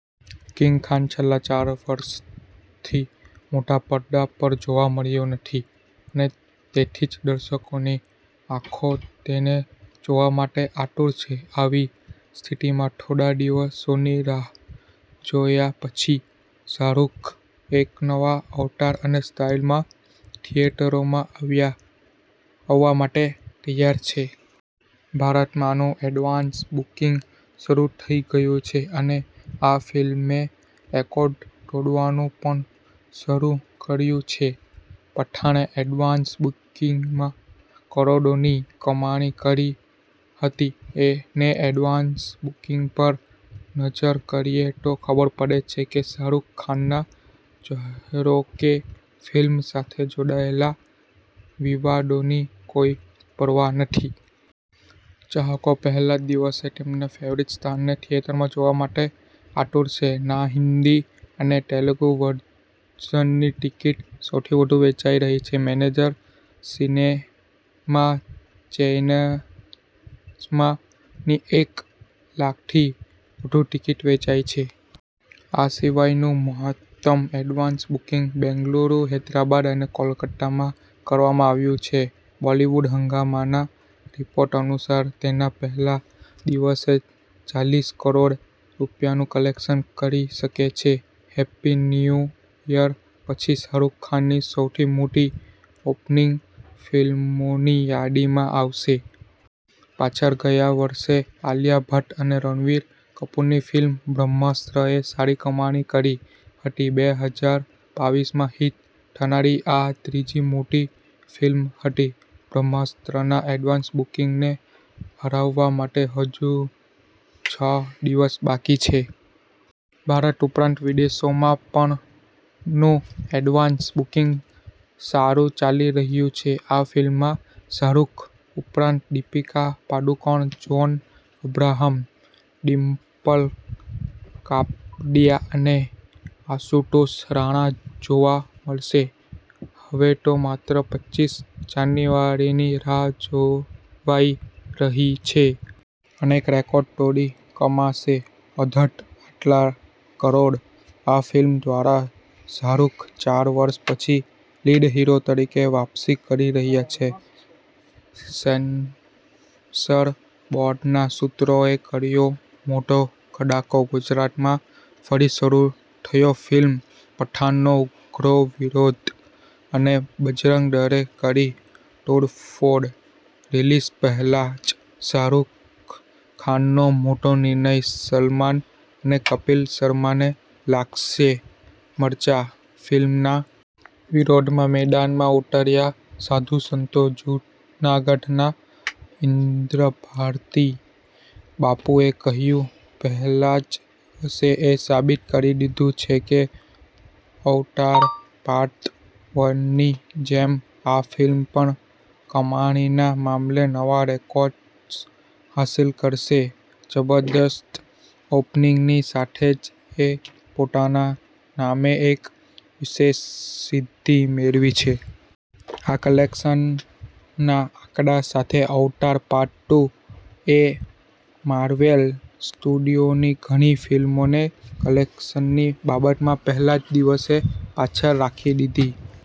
King Khan છેલ્લા ચાર વર્ષથી મોટા પડદા પરજોવા મળ્યો નથી. અને તેથીજ દર્શકોની આંખો તેને જોવા માટે આતુર છે. આવી સ્થિતિમાં, થોડા દિવસોની રાહ જોયા પછી, શાહરૂખ એક નવા અવતાર અને સ્ટાઈલમાં થિયેટરોમાં આવવા માટે તૈયાર છે. ભારતમાં નું એડવાન્સ બુકિંગ શરૂ થઈ ગયું છે અને આ ફિલ્મે રેકોર્ડ તોડવાનું પણ શરૂ કર્યું છે. પઠાણે એડવાન્સ બુકિંગમાં કરોડોની કમાણી કરી હતી ને એડવાન્સ બુકિંગ પર નજર કરીએ તો ખબર પડે છે કે શાહરૂખ ખાનના ચાહકોને ફિલ્મ સાથે જોડાયેલા વિવાદોની કોઈ પરવા નથી. ચાહકો પહેલા જ દિવસે તેમના ફેવરિટ સ્ટારને થિયેટરમાં જોવા માટે આતુર છે. ના હિન્દી અને તેલુગુ વર્ઝનની ટિકિટ સૌથી વધુ વેચાઈ રહી છે. મેજર સિનેમા ચેઈન્સમાં ની એક લાખથી વધુ ટિકિટ વેચાઈ છે. આ સિવાય નું મહત્તમ એડવાન્સ બુકિંગ બેંગલુરુ, હૈદરાબાદ અને કોલકાતામાં કરવામાં આવ્યું છે. બોલિવૂડ હંગામાના રિપોર્ટ અનુસાર, તેના પહેલા દિવસે ચાલીસ કરોડ રૂપિયાનું કલેક્શન કરી શકે છે. હેપ્પી ન્યૂ યર પછી, શાહરૂખ ખાનની સૌથી મોટી ઓપનિંગ ફિલ્મોની યાદીમાં આવશે. પાછળ ગયા વર્ષે આલિયા ભટ્ટ અને રણબીર કપૂરની ફિલ્મ 'બ્રહ્માસ્ત્ર' એ સારી કમાણી કરી હતી. બે હજાર બાવીસમાં હિટ થનારી આ ત્રીજી મોટી ફિલ્મ હતી. 'બ્રહ્માસ્ત્ર'ના એડવાન્સ બુકિંગને હરાવવા માટે હજુ છ દિવસ બાકી છે. ભારત ઉપરાંત વિદેશોમાં પણ નું એડવાન્સ બુકિંગ સારું ચાલી રહ્યું છે. આ ફિલ્મમાં શાહરૂખ ઉપરાંત દીપિકા પાદુકોણ, જોન અબ્રાહમ, ડિમ્પલ કાપડિયા અને આશુતોષ રાણા જોવા મળશે. હવે તો માત્ર પચીસ જાન્યુઆરીની રાહ જોવાઈ રહી છે. અનેક રેકોર્ડ તોડી કમાશે અધધ આટલા કરોડ. આ ફિલ્મ દ્વારા શાહરૂખ ચાર વર્ષ પછી લીડ હીરો તરીકે વાપસી કરી રહ્યો છે. સેન્સર બોર્ડના સુત્રોએ કર્યો મોટો ધડાકો ગુજરાતમાં ફરી શરુ થયો ફિલ્મ 'પઠાણ'નો ઉગ્ર વિરોધ, અને બજરંગ દળે કરી તોડફોડ રીલીઝ પહેલા જ શાહરૂખ ખાનનો મોટો નિર્ણય, સલમાન અને કપિલ શર્માને લાગશે મરચા. ફિલ્મના વિરોધમાં મેદાનમાં ઉતર્યા સાધુ-સંતો, જૂનાગઢના ઇન્દ્રભારતી બાપુએ કહ્યું. 'પહેલા જ દિવસે એ સાબિત કરી દીધું છે કે અવતાર પાર્ટ વનની જેમ આ ફિલ્મ પણ કમાણીના મામલે નવા રેકોર્ડ્સ હાંસિલ કરશે. જબરદસ્ત ઓપનિંગની સાથે જ એ પોતાના નામે એક વિશેષ સિદ્ધિ મેળવી છે. આ કલેક્શનના આંકડા સાથે અવતાર પાર્ટ ટુ એ માર્વેલ સ્ટુડિયોની ઘણી ફિલ્મોને કલેક્શનની બાબતમાં પહેલા જ દિવસે પાછળ રાખી દીધી.'